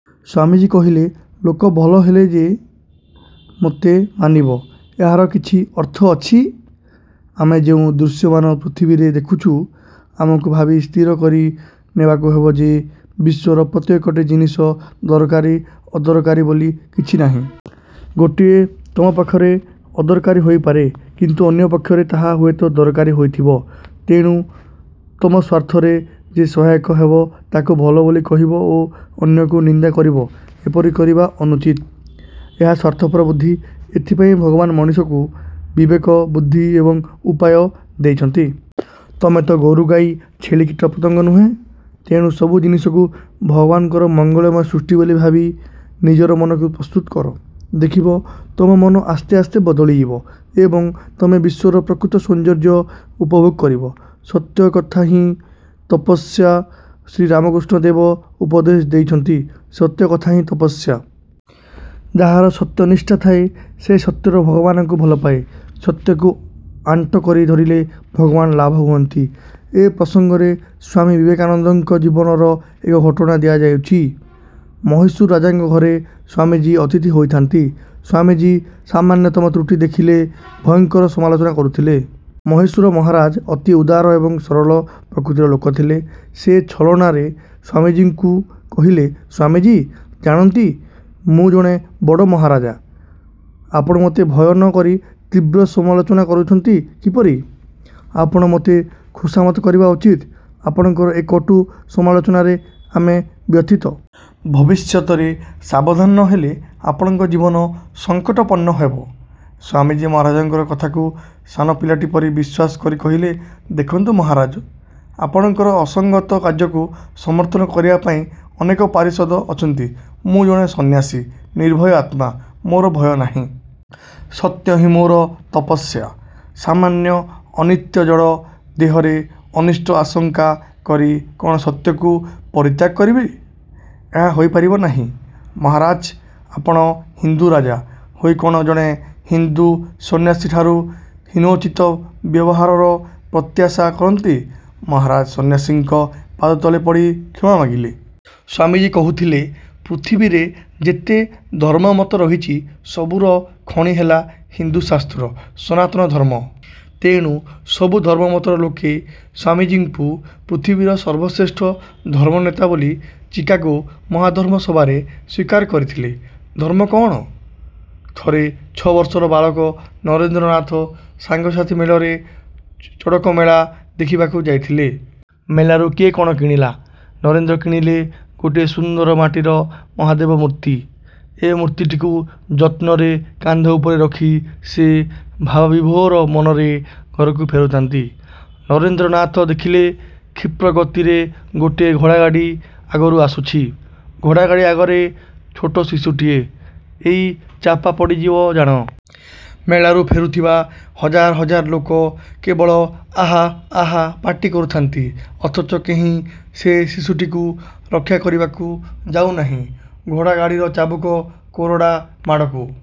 ' ସ୍ୱାମୀଜୀ କହିଲେ, 'ଲୋକ ଭଲ ହେଲେ ଯେ ମୋତେ ମାନିବ, ଏହାର କିଛି ଅର୍ଥ ଅଛି? ଆମେ ଯେଉଁ ଦୃଶ୍ୟମାନ ପୃଥିବୀରେ ଦେଖୁଛୁ, ଆମକୁ ଭାବି ସ୍ଥିର କରି ନେବାକୁ ହେବ ଯେ ବିଶ୍ୱର ପ୍ରତ୍ୟେକଟି ଜିନିଷ ଦରକାରୀ। ଅଦରକାରୀ ବୋଲି କିଛି ନାହିଁ। ଗୋଟିଏ ତମ ପାଖରେ ଅଦରକାରୀ ହୋଇପାରେ, କିନ୍ତୁ ଅନ୍ୟପକ୍ଷରେ ତାହା ହୁଏତ ଦରକାରୀ ହୋଇଥିବ। ତେଣୁ ତମ ସ୍ୱାର୍ଥରେ ଯେ ସହାୟକ ହେବ ତାକୁ ଭଲ ବୋଲି କହିବ ଏବଂ ଅନ୍ୟକୁ ନିନ୍ଦା କରିବ, ଏପରି କରିବା ଅନୁଚିତ। ଏହା ସ୍ୱାର୍ଥପର ବୁଦ୍ଧି। ଏଥିପାଇଁ ଭଗବାନ ମଣିଷକୁ ବିବେକ, ବୁଦ୍ଧି ଏବଂ ଉପାୟ ଦେଇଛନ୍ତି। ତମେ ତ ଗୋରୁ-ଗାଈ, ଛେଳି, କୀଟପତଙ୍ଗ ନୁହଁ। ତେଣୁ ସବୁ ଜିନିଷକୁ ଭଗବାନଙ୍କର ମଙ୍ଗଳମୟ ସୃଷ୍ଟି ବୋଲି ଭାବି ନିଜର ମନକୁ ପ୍ରସ୍ତୁତ କର। ଦେଖିବ ତମ ମନ ଆସ୍ତେ ଆସ୍ତେ ବଦଳିଯିବ ଏବଂ ତମେ ବିଶ୍ୱର ପ୍ରକୃତ ସୌନ୍ଦର୍ଯ୍ୟ ଉପଭୋଗ କରିବ। ସତ୍ୟ କଥାହିଁ ତପସ୍ୟା ଶ୍ରୀରାମକୃଷ୍ଣ ଦେବ ଉପଦେଶ ଦେଇଛନ୍ତି-ସତ୍ୟ କଥାହିଁ ତପସ୍ୟା। ଯାହାର ସତ୍ୟନିଷ୍ଠା ଥାଏ, ସେ ସତ୍ୟର ଭଗବାନଙ୍କୁ ଭଲପାଏ। ସତ୍ୟକୁ ଆଣ୍ଟ କରି ଧରିଲେ ଭଗବାନ ଲାଭ ହୁଅନ୍ତି। ଏ ପ୍ରସଙ୍ଗରେ ସ୍ୱାମୀ ବିବେକାନନ୍ଦଙ୍କ ଜୀବନର ଏକ ଘଟଣା ଦିଆଯାଉଛି। ମହୀଶୂର ରାଜାଙ୍କ ଘରେ ସ୍ୱାମୀଜୀ ଅତିଥି ହୋଇଥାନ୍ତି। ସ୍ୱାମୀଜୀ ସାମାନ୍ୟତମ ତ୍ରୁଟି ଦେଖିଲେ ଭୟଙ୍କର ସମାଲୋଚନା କରୁଥିଲେ। ମହୀଶୂର ମହାରାଜା ଅତି ଉଦାର ଏବଂ ସରଳ ପ୍ରକୃତିର ଲୋକ ଥିଲେ। ସେ ଛଳନାରେ ସ୍ୱାମୀଜୀଙ୍କୁ କହିଲେ-''ସ୍ୱାମୀଜୀ, ଜାଣନ୍ତି ମୁଁ ଜଣେ ବଡ଼ ମହାରାଜା-? ଆପଣ ମୋତେ ଭୟ ନ କରି ତୀବ୍ର ସମାଲୋଚନା କରୁଛନ୍ତି କିପରି? ଆପଣ ମୋତେ ଖୋସାମତ କରିବା ଉଚିତ। ଆପଣଙ୍କର ଏ କଟୁ ସମାଲୋଚନାରେ ଆମେ ବ୍ୟଥିତ-। ଭବିଷ୍ୟତରେ ସାବଧାନ ନ ହେଲେ ଆପଣଙ୍କ ଜୀବନ ସଙ୍କଟାପନ୍ନ ହେବ। '' ସ୍ୱାମୀଜୀ ମହାରାଜାଙ୍କର କଥାକୁ ସାନପିଲାଟି ପରି ବିଶ୍ୱାସ କରି କହିଲେ, ''ଦେଖନ୍ତୁ ମହାରାଜ, ଆପଣଙ୍କର ଅସଙ୍ଗତ କାର୍ଯ୍ୟକୁ ସମର୍ଥନ କରିବାପାଇଁ ଅନେକ ପାରିଷଦ ଅଛନ୍ତି। ମୁଁ ଜଣେ ସନ୍ନ୍ୟାସୀ, ନିର୍ଭୟ ଆତ୍ମା। ମୋର ଭୟ ନାହିଁ। ସତ୍ୟହିଁ ମୋର ତପସ୍ୟା। ସାମାନ୍ୟ ଅନିତ୍ୟ ଜଡ଼ ଦେହରେ ଅନିଷ୍ଟ ଆଶଙ୍କା କରି କଣ ସତ୍ୟକୁ ପରିତ୍ୟାଗ କରିବି? ଏହା ହୋଇପାରିବ ନାହିଁ, ମହାରାଜ। ଆପଣ ହିନ୍ଦୁରାଜା ହୋଇ କ'ଣ ଜଣେ ହିନ୍ଦୁ ସନ୍ନ୍ୟାସୀଠାରୁ ହୀନୋଚିତ ବ୍ୟବହାରର ପ୍ରତ୍ୟାଶା କରନ୍ତି। '' ମହାରାଜା ସନ୍ନ୍ୟାସୀଙ୍କ ପାଦତଳେ ପଡ଼ି କ୍ଷମା ମାଗିଲେ। ସ୍ୱାମୀଜୀ କହୁଥିଲେ, 'ପୃଥିବୀରେ ଯେତେ ଧର୍ମମତ ରହିଛି, ସବୁର ଖଣି ହେଲା ହିନ୍ଦୁଶାସ୍ତ୍ର, ସନାତନ ଧର୍ମ। ' ତେଣୁ ସବୁ ଧର୍ମମତର ଲୋକେ ସ୍ୱାମୀଜୀଙ୍କୁ ପୃଥିବୀର ସର୍ବଶ୍ରେଷ୍ଠ ଧର୍ମନେତା ବୋଲି ଚିକାଗୋ ମହାଧର୍ମସଭାରେ ସ୍ୱୀକାର କରିଥିଲେ। ଧର୍ମ କଅଣ? ଥରେ ଛଅବର୍ଷର ବାଳକ ନରେନ୍ଦ୍ରନାଥ ସାଙ୍ଗସାଥି ମେଳରେ ଚଡ଼କମେଳା ଦେଖିବାକୁ ଯାଇଥିଲେ। ମେଳାରୁ କିଏ କ'ଣ କିଣିଲା। ନରେନ୍ଦ୍ର କିଣିଲେ ଗୋଟିଏ ସୁନ୍ଦର ମାଟିର ମହାଦେବମୂର୍ତ୍ତି। ଏ ମୂର୍ତ୍ତିଟିକୁ ଯତ୍ନରେ କାନ୍ଧ ଉପରେ ରଖି ସେ ଭାବବିଭୋର ମନରେ ଘରକୁ ଫେରୁଥାନ୍ତି। ନରେନ୍ଦ୍ରନାଥ ଦେଖିଲେ କ୍ଷିପ୍ର ଗତିରେ ଗୋଟିଏ ଘୋଡ଼ାଗାଡ଼ି ଆଗରୁ ଆସୁଛି। ଘୋଡ଼ାଗାଡ଼ି ଆଗରେ ଛୋଟ ଶିଶୁଟିଏ, ଏଇ ଚାପା ପଡ଼ିଯିବ ଜାଣ। ମେଳାରୁ ଫେରୁଥିବା ହଜାର ହଜାର ଲୋକ କେବଳ ଆହା ଆହା ପାଟି କରୁଥାନ୍ତି ଅଥଚ କେହି ସେ ଶିଶୁଟିକୁ ରକ୍ଷା କରିବାକୁ ଯାଉନାହିଁ। ଘୋଡ଼ାଗାଡ଼ିର ଚାବୁକ-କୋରଡ଼ା ମାଡ଼କୁ